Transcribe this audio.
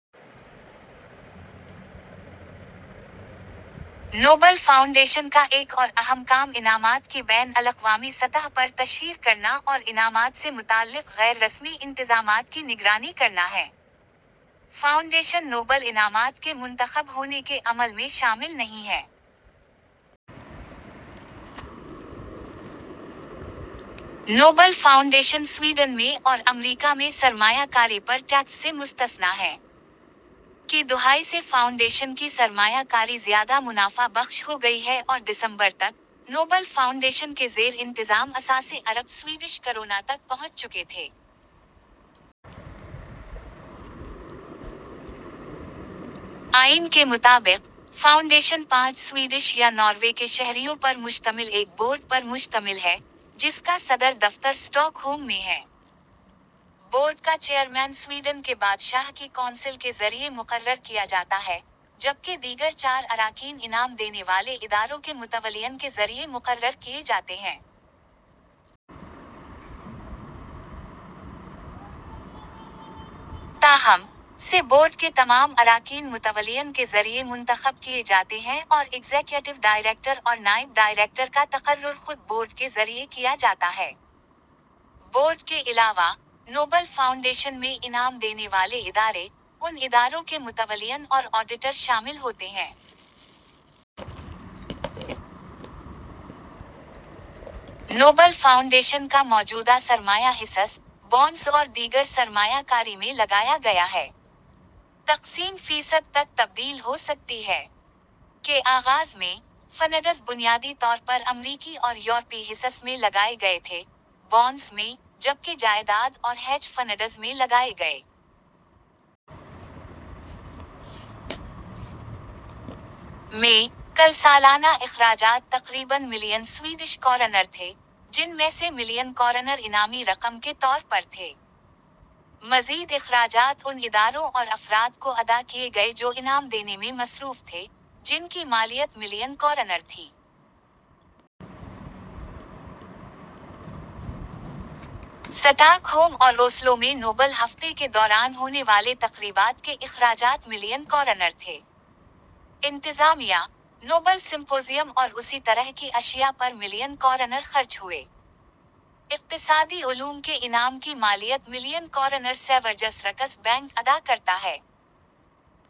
Nobel foundation کا ایک اور اہم کام انعامات کی بین الاقوامی سطح پر تشہیر کرنا اور انعامات سے متعلق غیر رسمی انتظامات کی نگرانی کرنا ہے۔ فاؤنڈیشن نوبل انعامات کے منتخب ہونے کے عمل میں شامل نہیں ہے۔ نوبل فاؤنڈیشن سویڈن میں اور امریکا میں سرمایہ کاری پر ٹیکس سے مستثنیٰ ہے ۔ کی دہائی سے فاؤنڈیشن کی سرمایہ کاری زیادہ منافع بخش ہو گئی ہے اور دسمبر تک، نوبل فاؤنڈیشن کے زیر انتظام اثاثے ارب سویڈش کرونا تک پہنچ چکے تھے۔ آئین کے مطابق، فاؤنڈیشن پانچ سویڈش یا ناروے کے شہریوں پر مشتمل ایک بورڈ پر مشتمل ہے، جس کا صدر دفتر اسٹاک ہوم میں ہے۔ بورڈ کا چیئرمین سویڈن کے بادشاہ کی کونسل کے ذریعے مقرر کیا جاتا ہے، جبکہ دیگر چار اراکین انعام دینے والے اداروں کے متولیان کے ذریعے مقرر کیے جاتے ہیں۔ تاہم، سے بورڈ کے تمام اراکین متولیان کے ذریعے منتخب کیے جاتے ہیں اور ایگزیکٹو ڈائریکٹر اور نائب ڈائریکٹر کا تقرر خود بورڈ کے ذریعے کیا جاتا ہے۔ بورڈ کے علاوہ، نوبل فاؤنڈیشن میں انعام دینے والے ادارے ، ان اداروں کے متولیان اور آڈیٹر شامل ہوتے ہیں۔ نوبل فاؤنڈیشن کا موجودہ سرمایہ حصص، بانڈز اور دیگر سرمایہ کاری میں لگایا گیا ہے۔ تقسیم فیصد تک تبدیل ہو سکتی ہے۔ کے آغاز میں، فنڈز بنیادی طور پر امریکی اور یورپی حصص میں لگائے گئے تھے، بانڈز میں، جبکہ جائداد اور ہیج فنڈز میں لگائے گئے۔ میں، کل سالانہ اخراجات تقریباً ملین سویڈش کرونر تھے، جن میں سے ملین کرونر انعامی رقم کے طور پر تھے۔ مزید اخراجات ان اداروں اور افراد کو ادا کیے گئے جو انعام دینے میں مصروف تھے، جن کی مالیت ملین کرونر تھی۔ سٹاک ہوم اور اوسلو میں نوبل ہفتے کے دوران ہونے والے تقریبات کے اخراجات ملین کرونر تھے۔ انتظامیہ، نوبل سمپوزیم اور اسی طرح کی اشیاء پر ملین کرونر خرچ ہوئے۔ اقتصادی علوم کے انعام کی مالیت million kronor Sveriges Riksbank ادا کرتا ہے۔